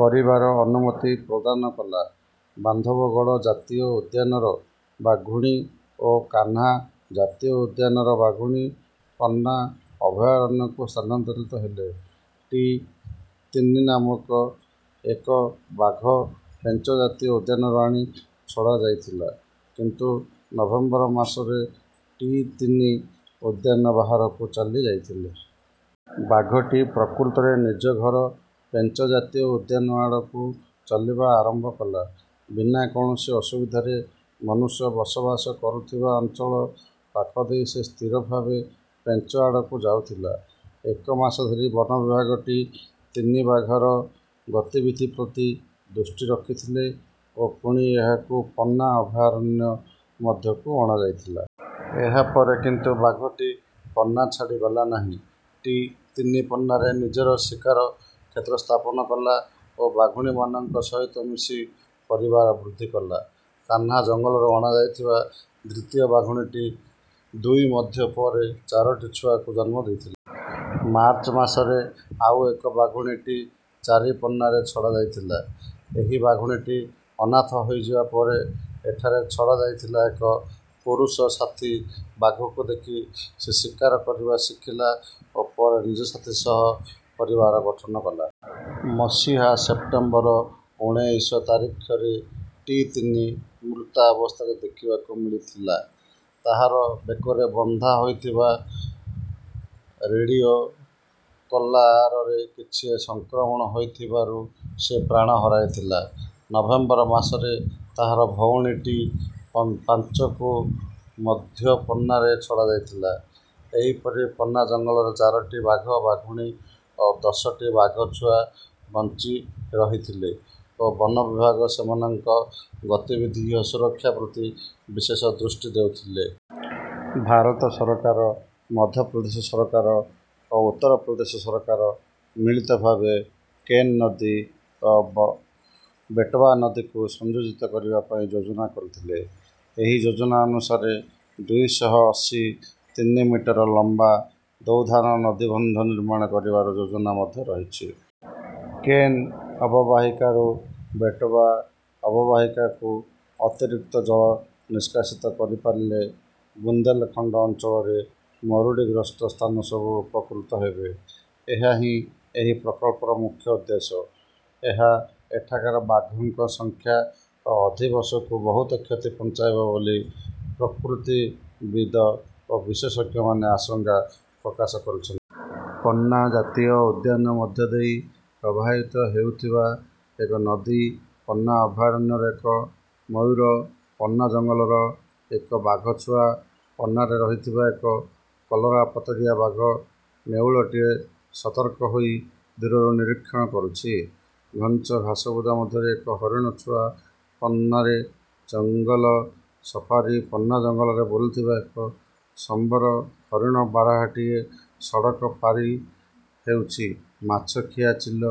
କରିବାର ଅନୁମତି ପ୍ରଦାନ କଲା। ବାନ୍ଧବଗଡ଼ ଜାତୀୟ ଉଦ୍ୟାନର ବାଘୁଣୀ ଓ କାହ୍ନା ଜାତୀୟ ଉଦ୍ୟାନର ବାଘୁଣୀ ପନ୍ନା ଅଭୟାରଣ୍ୟକୁ ସ୍ଥାନାନ୍ତରିତ ହେଲେ। ଟି ତିନି ନାମକ ଏକ ବାଘ ପେଞ୍ଚ ଜାତୀୟ ଉଦ୍ୟାନରୁ ଆଣି ଛଡ଼ାଯାଇଥିଲା। କିନ୍ତୁ ନଭେମ୍ବର ମାସରେ ଟି ତିନି ଉଦ୍ୟାନ ବାହାରକୁ ଚାଲି ଯାଇଥିଲା। ବାଘଟି ପ୍ରକୃତରେ ନିଜ ଘର ପେଞ୍ଚ ଜାତୀୟ ଉଦ୍ୟାନ ଆଡ଼କୁ ଚାଲିବା ଆରମ୍ଭ କଲା। ବିନା କୌଣସି ଅସୁବିଧାରେ ମନୁଷ୍ୟ ବସବାସ କରୁଥିବା ଅଞ୍ଚଳ ପାଖ ଦେଇ ସେ ସ୍ଥିର ଭାବେ ପେଞ୍ଚ ଆଡ଼କୁ ଯାଉଥିଲା। ଏକ ମାସ ଧରି ବନ ବିଭାଗ ଟି ତିନି ବାଘର ଗତିବିଧି ପ୍ରତି ଦୃଷ୍ଟି ରଖିଥିଲେ ଓ ପୁଣି ଏହାକୁ ପନ୍ନା ଅଭୟାରଣ୍ୟ ମଧ୍ୟକୁ ଅଣାଯାଇଥିଲା। ଏହା ପରେ କିନ୍ତୁ ବାଘଟି ପନ୍ନା ଛାଡ଼ି ଗଲା ନାହିଁ। ଟି ତିନି ପନ୍ନାରେ ନିଜର ଶିକାର କ୍ଷେତ୍ର ସ୍ଥାପନ କଲା ଓ ବାଘୁଣୀମାନଙ୍କ ସହିତ ମିଶି ପରିବାର ବୃଦ୍ଧି କଲା। କାହ୍ନା ଜଙ୍ଗଲରୁ ଅଣାଯାଇଥିବା ଦ୍ୱିତୀୟ ବାଘୁଣୀ ଟି ଦୁଇ ମଧ୍ୟ ପରେ ଚାରିଟି ଛୁଆଙ୍କୁ ଜନ୍ମ ଦେଇଥିଲା। ମାର୍ଚ୍ଚ ମାସରେ ଆଉ ଏକ ବାଘୁଣୀ ଟି ଚାରି ପନ୍ନାରେ ଛଡ଼ାଯାଇଥିଲା। ଏହି ବାଘୁଣୀଟି ଅନାଥ ହୋଇଯିବା ପରେ ଏଠାରେ ଛଡ଼ାଯାଇଥିଲା। ଏକ ପୁରୁଷ ସାଥୀ ବାଘକୁ ଦେଖି ସେ ଶିକାର କରିବା ଶିଖିଲା ଓ ପରେ ନିଜ ସାଥୀ ସହ ପରିବାର ଗଠନ କଲା। ମସିହା ସେପ୍ଟେମ୍ବର ଉନେଇଶ ତାରିଖରେ ଟି ତିନି ମୃତାବସ୍ଥାରେ ଦେଖିବାକୁ ମିଳିଥିଲା। ତାହାର ବେକରେ ବନ୍ଧା ହୋଇଥିବା ରେଡିଓ କଲାରରେ କିଛି ସଂକ୍ରମଣ ହୋଇଥିବାରୁ ସେ ପ୍ରାଣ ହରାଇଥିଲା। ନଭେମ୍ବର ମାସରେ ତାହାର ଭଉଣୀ ଟି ପାଞ୍ଚକୁ ମଧ୍ୟ ପନ୍ନାରେ ଛଡ଼ା ଯାଇଥିଲା। ଏହିପରି ପନ୍ନା ଜଙ୍ଗଲରେ ଚାରିଟି ବାଘ ବାଘୁଣୀ ଓ ଦଶଟି ବାଘଛୁଆ ବଞ୍ଚି ରହିଥିଲେ ଓ ବନ ବିଭାଗ ସେମାନଙ୍କ ଗତିବିଧି ଓ ସୁରକ୍ଷା ପ୍ରତି ବିଶେଷ ଦୃଷ୍ଟି ଦେଉଥିଲେ। ଭାରତ ସରକାର, ମଧ୍ୟ ପ୍ରଦେଶ ସରକାର ଓ ଉତ୍ତର ପ୍ରଦେଶ ସରକାର ମିଳିତ ଭାବେ କେନ୍ ନଦୀ ଓ ବେଟୱା ନଦୀକୁ ସଂଯୋଜିତ କରିବା ପାଇଁ ଯୋଜନା କରିଥିଲେ। ଏହି ଯୋଜନା ଅନୁସାରେ ଦୁଇ ଶହ ଅଶୀ ତିନି ମିଟର ଲମ୍ବା ଦୌଧାନ ନଦୀବନ୍ଧ ନିର୍ମାଣ କରିବାର ଯୋଜନା ମଧ୍ୟ ରହିଛି। କେନ୍ ଅବବାହିକାରୁ ବେଟୱା ଅବବାହିକାକୁ ଅତିରିକ୍ତ ଜଳ ନିଷ୍କାସିତ କରିପାରିଲେ ବୁନ୍ଦେଲଖଣ୍ଡ ଅଞ୍ଚଳର ମରୁଡ଼ିଗ୍ରସ୍ତ ସ୍ଥାନ ସବୁ ଉପକୃତ ହେବେ। ଏହା ହିଁ ଏହି ପ୍ରକଳ୍ପର ମୁଖ୍ୟ ଉଦ୍ଦେଶ୍ୟ। ଏହା ଏଠାକାର ବାଘଙ୍କ ସଂଖ୍ୟା ଓ ଅଧିବାସକୁ ବହୁତ କ୍ଷତି ପହଞ୍ଚାଇବ ବୋଲି ପ୍ରକୃତିବିଦ ଓ ବିଶେଷଜ୍ଞମାନେ ଆଶଙ୍କା ପ୍ରକାଶ କରିଛନ୍ତି। ପନ୍ନା ଜାତୀୟ ଉଦ୍ୟାନ ମଧ୍ୟ ଦେଇ ପ୍ରବାହିତ ହେଉଥିବା ଏକ ନଦୀ ପନ୍ନା ଅଭୟାରଣ୍ୟର ଏକ ମୟୂର ପନ୍ନା ଜଙ୍ଗଲର ଏକ ବାଘ ଛୁଆ ପନ୍ନାରେ ରହିଥିବା ଏକ କଲରାପତରିଆ ବାଘ ନେଉଳଟିଏ ସତର୍କ ହୋଇ ଦୂରରୁ ନିରୀକ୍ଷଣ କରୁଛି ଘଞ୍ଚ ଘାସବୁଦା ମଧ୍ୟରେ ଏକ ହରିଣ ଛୁଆ ପନ୍ନାରେ ଜଙ୍ଗଲ ସଫାରୀ ପନ୍ନା ଜଙ୍ଗଲରେ ବୁଲୁଥିବା ଏକ ସମ୍ବର ହରିଣ ବାର୍ହାଟିଏ ସଡ଼କ ପାରି ହେଉଛି ମାଛଖିଆ ଚିଲ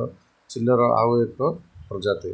ଚିଲର ଆଉ ଏକ ପ୍ରଜାତି।